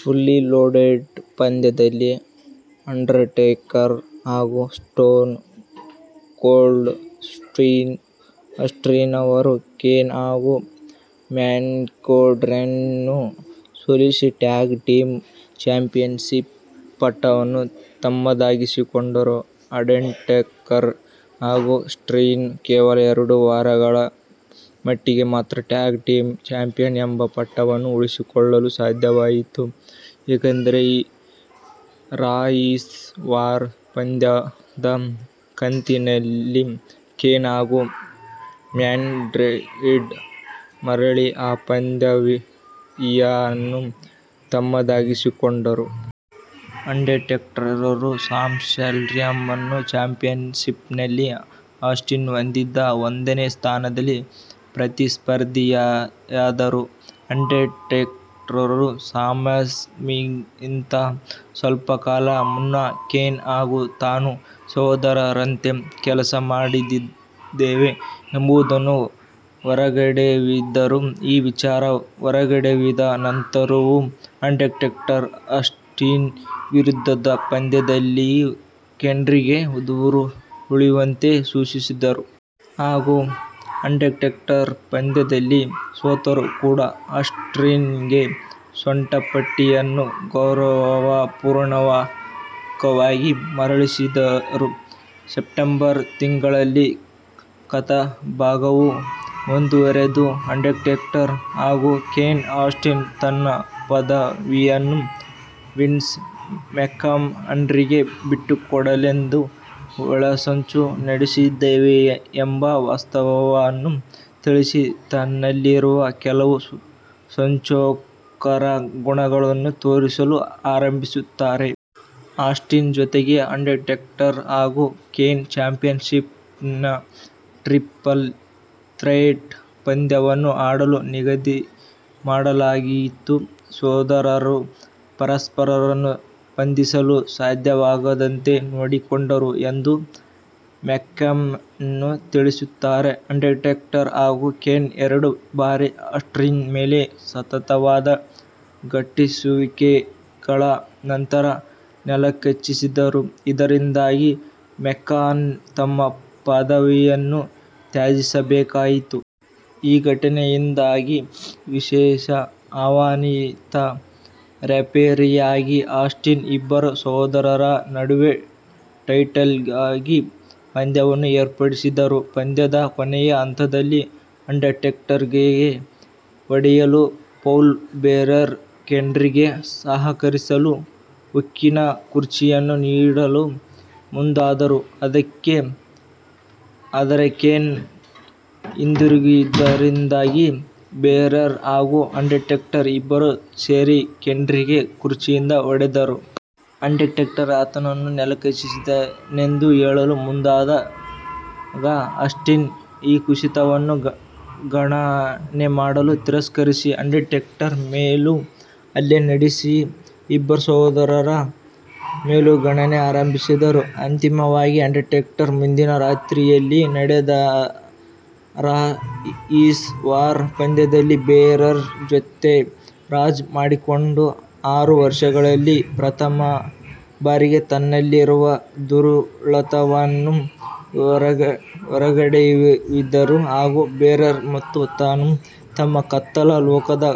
Fully loaded ಪಂದ್ಯದಲ್ಲಿ, Undertaker ಹಾಗೂ Stone Cold Steve ಆಸ್ಟಿನ್ರವರು, ಕೇನ್ ಹಾಗೂ ಮ್ಯಾನ್ಕೈಂಡ್ರನ್ನು ಸೋಲಿಸಿ ಟ್ಯಾಗ್ ಟೀಮ್ ಚಾಂಪಿಯನ್ಷಿಪ್ ಪಟ್ಟವನ್ನು ತಮ್ಮದಾಗಿಸಿಕೊಂಡರು. ಅಂಡರ್ಟೇಕರ್ ಹಾಗೂ ಆಸ್ಟಿನ್ರು ಕೇವಲ ಎರಡು ವಾರಗಳ ಮಟ್ಟಿಗೆ ಮಾತ್ರ ಟ್ಯಾಗ್ ಟೀಮ್ ಚಾಂಪಿಯನ್ ಎಂಬ ಪಟ್ಟವನ್ನು ಉಳಿಸಿಕೊಳ್ಳಲು ಸಾಧ್ಯವಾಯಿತು, ಏಕೆಂದರೆ ರಾ ಈಸ್ ವಾರ್ ಪಂದ್ಯದ ಕಂತಿನಲ್ಲಿ ಕೇನ್ ಹಾಗೂ ಮ್ಯಾನ್ಕೈಂಡ್ ಮರಳಿ ಆ ಪದವಿಯನ್ನು ತಮ್ಮದಾಗಿಸಿಕೊಂಡರು. ಅಂಡರ್ಟೇಕರ್ರು ಸಮ್ಮರ್ಸ್ಲ್ಯಾಮ್ನ ಚಾಂಪಿಯನ್ಷಿಪ್ನಲ್ಲಿ, ಆಸ್ಟಿನ್ ಹೊಂದಿದ್ದ ಒಂದನೇ ಸ್ಥಾನದ ಪ್ರತಿಸ್ಪರ್ಧಿಯಾದರು. ಅಂಡರ್ಟೇಕರ್ರು ಸಮ್ಮರ್ಸ್ಲ್ಯಾಮ್ಗಿಂತ ಸ್ವಲ್ಪ ಕಾಲ ಮುನ್ನ, ಕೇನ್ ಹಾಗೂ ತಾನು ಸಹೋದರರಂತೆ ಕೆಲಸ ಮಾಡಿದ್ದೇವೆ ಎಂಬುದನ್ನು ಹೊರಗೆಡವಿದರು. ಈ ವಿಚಾರ ಹೊರಗೆಡವಿದ ನಂತರವೂ, ಅಂಡರ್ಟೇಕರ್ ಆಸ್ಟಿನ್ ವಿರುದ್ಧದ ಪಂದ್ಯದಲ್ಲಿ ಕೇನ್ರಿಗೆ ದೂರ ಉಳಿಯುವಂತೆ ಸೂಚಿಸಿದರು. ಹಾಗೂ ಅಂಡರ್ಟೇಕರ್ ಪಂದ್ಯದಲ್ಲಿ ಸೋತರೂ ಕೂಡ ಆಸ್ಟಿನ್ರಿಗೆ ಸೊಂಟಪಟ್ಟಿಯನ್ನು ಗೌರವಪೂರ್ವಕವಾಗಿ ಮರಳಿಸಿದರು. ಸೆಪ್ಟೆಂಬರ್ ತಿಂಗಳಲ್ಲಿ, ಕಥಾಭಾಗವು ಮುಂದುವರೆದು, ಅಂಡರ್ಟೇಕರ್ ಹಾಗೂ ಕೇನ್, ಆಸ್ಟಿನ್ ತನ್ನ ಪದವಿಯನ್ನು ವಿನ್ಸ್ ಮೆಕ್ಮಹನ್ರಿಗೆ ಬಿಟ್ಟುಕೊಡಲೆಂದು, ಒಳಸಂಚು ನಡೆಸಿದೆವು ಎಂಬ ವಾಸ್ತವವನ್ನು ತಿಳಿಸಿ ತನ್ನಲ್ಲಿರುವ ಕೆಲವು ಸಂಚುಕೋರ ಗುಣಗಳನ್ನು ತೋರಿಸಲು ಆರಂಭಿಸುತ್ತಾರೆ. ಆಸ್ಟಿನ್ ಜೊತೆಗೆ ಅಂಡರ್ಟೇಕರ್ ಹಾಗೂ ಕೇನ್ ಚಾಂಪಿಯನ್ಷಿಪ್ನ ಟ್ರಿಪಲ್ ಥ್ರೆಟ್ ಪಂದ್ಯವನ್ನು ಆಡಲು ನಿಗದಿಮಾಡಲಾಗಿತ್ತು. ಸೋದರರು ಪರಸ್ಪರರನ್ನು ಬಂಧಿಸಲು ಸಾಧ್ಯವಾಗದಂತೆ ನೋಡಿಕೊಂಡರು ಎಂದು ಮೆಕ್ಮಹನ್ ತಿಳಿಸುತ್ತಾರೆ. ಅಂಡರ್ಟೇಕರ್ ಹಾಗೂ ಕೇನ್ ಎರಡು ಬಾರಿ ಆಸ್ಟಿನ್ರ ಮೇಲೆ ಸತತವಾದ ಘಟ್ಟಿಸುವಿಕೆ ಗಳ ನಂತರ ನೆಲಕಚ್ಚಿಸಿದರು, ಇದರಿಂದಾಗಿ ಮೆಕ್ಮಹನ್ ತಮ್ಮ ಪದವಿಯನ್ನು ತ್ಯಜಿಸಬೇಕಾಯಿತು. ಈ ಘಟನೆಯಿಂದಾಗಿ ವಿಶೇಷ ಆಹ್ವಾನಿತ ರೆಫರಿಯಾಗಿ ಆಸ್ಟಿನ್, ಇಬ್ಬರು ಸಹೋದರರ ನಡುವೆ ಟೈಟಲ್ಗಾಗಿ ಪಂದ್ಯವನ್ನು ಏರ್ಪಡಿಸಿದರು. ಪಂದ್ಯದ ಕೊನೆಯ ಹಂತದಲ್ಲಿ, ಅಂಡರ್ಟೇಕರ್ಗೆ ಹೊಡೆಯಲು ಪೌಲ್ ಬೇರರ್ ಕೇನ್ರಿಗೆ ಸಹಕರಿಸಲು ಉಕ್ಕಿನ ಕುರ್ಚಿಯನ್ನು ನೀಡಲು ಮುಂದಾದರು. ಆದರೆ ಕೇನ್ ಹಿಂದಿರುಗಿದ್ದರಿಂದಾಗಿ, ಬೇರರ್ ಹಾಗೂ ಅಂಡರ್ಟೇಕರ್ ಇಬ್ಬರೂ ಸೇರಿ ಕೇನ್ರಿಗೆ ಕುರ್ಚಿಯಿಂದ ಹೊಡೆದರು. ಅಂಡರ್ಟೇಕರ್ ಆತನನ್ನು ನೆಲಕಚ್ಚಿಸಿದೆನೆಂದು ಹೇಳಲು ಮುಂದಾದಾಗ, ಆಸ್ಟಿನ್ ಈ ಕುಸಿತವನ್ನು ಗಣನೆಮಾಡಲು ತಿರಸ್ಕರಿಸಿ ಅಂಡರ್ಟೇಕರ್ ಮೇಲೂ ಹಲ್ಲೆ ನಡೆಸಿ ಇಬ್ಬರು ಸಹೋದರರ ಮೇಲೂ ಗಣನೆ ಆರಂಭಿಸಿದರು. ಅಂತಿಮವಾಗಿ, ಅಂಡರ್ಟೇಕರ್ ಮುಂದಿನ ರಾತ್ರಿಯಲ್ಲಿ ನಡೆದ ರಾ ಈಸ್ ವಾರ್ ಪಂದ್ಯದಲ್ಲಿ ಬೇರರ್ ಜೊತೆ ರಾಜಿ ಮಾಡಿಕೊಂಡ ಆರು ವರ್ಷಗಳಲ್ಲಿ ಪ್ರಥಮ ಬಾರಿಗೆ ತನ್ನಲ್ಲಿರುವ ದುರುಳತನವನ್ನು ಹೊರಗೆಡವಿದರು, ಹಾಗೂ ಬೇರರ್ ಮತ್ತು ತಾನು ತಮ್ಮ ಕತ್ತಲ ಲೋಕದ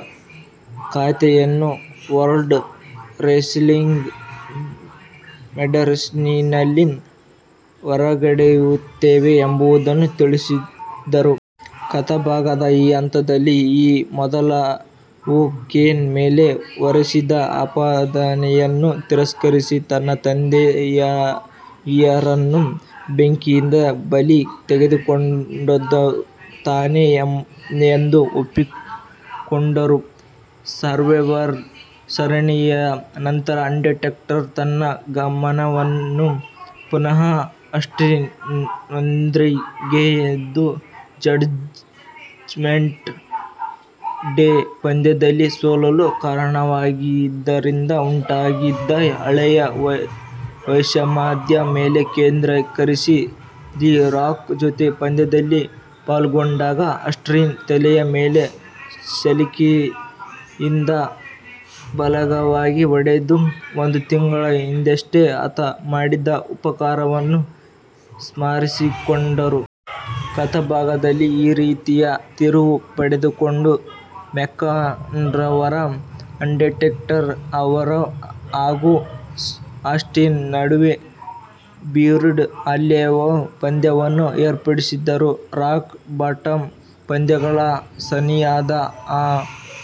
ಖಾತೆಯನ್ನು ವರ್ಲ್ಡ್ ರೆಸ್ಲಿಂಗ್ ಫೆಡರೇಶನ್ನಿನಲ್ಲಿ ಹೊರಗೆಡವುತ್ತೇವೆ ಎಂಬುದನ್ನು ತಿಳಿಸಿದರು. ಕಥಾಭಾಗದ ಈ ಹಂತದಲ್ಲಿ, ಈ ಮೊದಲು ಕೇನ್ ಮೇಲೆ ಹೊರಿಸಿದ ಆಪಾದನೆಯನ್ನು ತಿರಸ್ಕರಿಸಿ, ತನ್ನ ತಂದೆತಾಯಿಯರನ್ನು ಬೆಂಕಿಯಿಂದ ಬಲಿ ತೆಗೆದುಕೊಂಡದ್ದು ತಾನೆ ಎಂದು ಒಪ್ಪಿಕೊಂಡರು. ಸರ್ವೈವರ್ ಸರಣಿಯ ನಂತರ, ಅಂಡರ್ಟೇಕರ್ ತನ್ನ ಗಮನವನ್ನು ಪುನಃ ಆಸ್ಟಿನ್ರೊಂದಿಗಿದ್ದ ಜಡ್ಜ್ಮೆಂಟ್ ಡೇ ಪಂದ್ಯದಲ್ಲಿ ಸೋಲಲು ಕಾರಣವಾಗಿದ್ದರಿಂದ ಉಂಟಾಗಿದ್ದ ಹಳೆಯ ವೈಷಮ್ಯದ ಮೇಲೆ ಕೇಂದ್ರೀಕರಿಸಿ, ದಿ ರಾಕ್ ಜೊತೆ ಪಂದ್ಯದಲ್ಲಿ ಪಾಲ್ಗೊಂಡಾಗ ಆಸ್ಟಿನ್ರ ತಲೆಯ ಮೇಲೆ ಸಲಿಕೆಯಿಂದ ಬಲವಾಗಿ ಹೊಡೆದು ಒಂದು ತಿಂಗಳ ಹಿಂದಷ್ಟೇ ಆತ ಮಾಡಿದ ಉಪಕಾರವನ್ನು ಸ್ಮರಿಸಿಕೊಂಡರು. ಕಥಾಭಾಗದಲ್ಲಿ ಈ ರೀತಿಯ ತಿರುವು ಪಡೆದುಕೊಂಡು, ಮೆಕ್ಮಹನ್ರವರು ಅಂಡರ್ಟೇಕರ್ ಹಾಗೂ ಆಸ್ಟಿನ್ ನಡುವೆ ಬ್ಯುರೀಡ್ ಅಲೈವ್ ಪಂದ್ಯವನ್ನು ಏರ್ಪಡಿಸಿದರು. ರಾಕ್ ಬಾಟಮ್ ಪಂದ್ಯಗಳ ಸನಿಹದ ಆ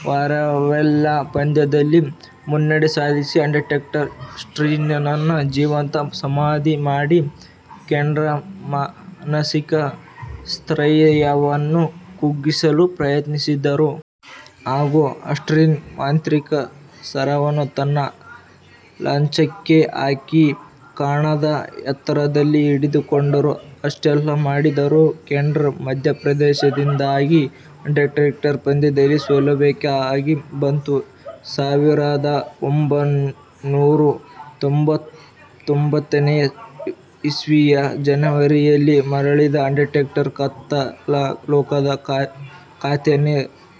ವಾರವೆಲ್ಲಾ ಪಂದ್ಯದಲ್ಲಿ ಮುನ್ನಡೆ ಸಾಧಿಸಿ, ಅಂಡರ್ಟೇಕರ್ ಆಸ್ಟಿನ್ರನ್ನು ಜೀವಂತ ಸಮಾಧಿ ಮಾಡಿ, ಕೇನ್ರ ಮಾನಸಿಕ ಸ್ಥೈರ್ಯವನ್ನು ಕುಗ್ಗಿಸಲು ಪ್ರಯತ್ನಿಸಿದರು. ಹಾಗೂ ಆಸ್ಟಿನ್ರ ಮಾಂತ್ರಿಕ ಸರವನ್ನು ತನ್ನ ಲಾಂಛನಕ್ಕೆ ಹಾಕಿ ಕಣದ ಎತ್ತರದಲ್ಲಿ ಹಿಡಿದುಕೊಂಡರು. ಅಷ್ಟೆಲ್ಲಾ ಮಾಡಿದರೂ ಕೇನ್ರ ಮಧ್ಯಪ್ರವೇಶದಿಂದಾಗಿ ಅಂಡರ್ಟೇಕರ್ ಪಂದ್ಯದಲ್ಲಿ ಸೋಲಬೇಕಾಗಿ ಬಂತು. ಸಾವಿರದ ಒಂಭೈನೂರ ತೊಂಭತ್ತೊಂಭತ್ತನೇ ಇಸವಿಯ ಜನವರಿಯಲ್ಲಿ ಮರಳಿದ ಅಂಡರ್ಟೇಕರ್, ಕತ್ತಲ ಲೋಕದ ಖಾತೆಯನ್ನು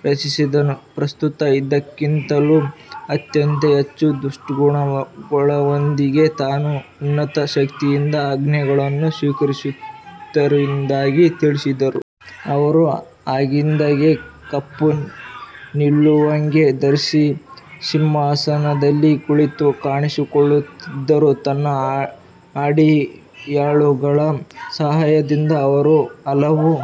ರಚಿಸಿದರು. ಪ್ರಸ್ತುತ ಇದ್ದುದಕ್ಕಿಂತಲೂ ಅತ್ಯಂತ ಹೆಚ್ಚು ದುಷ್ಟಗುಣಗಳೊಂದಿಗೆ ತಾನು "ಉನ್ನತ ಶಕ್ತಿ"ಯಿಂದ ಆಜ್ಞೆಗಳನ್ನು ಸ್ವೀಕರಿಸುತ್ತಿರುವುದಾಗಿ ತಿಳಿಸಿದರು. ಅವರು ಆಗಿಂದಾಗೆ ಕಪ್ಪು ನಿಲುವಂಗಿ ಧರಿಸಿ ಸಿಂಹಾಸನದಲ್ಲಿ ಕುಳಿತು ಕಾಣಿಸಿಕೊಳ್ಳುತ್ತಿದ್ದರು. ತನ್ನ ಅಡಿಯಾಳುಗಳ ಸಹಾಯದಿಂದ ಅವರು ಹಲವು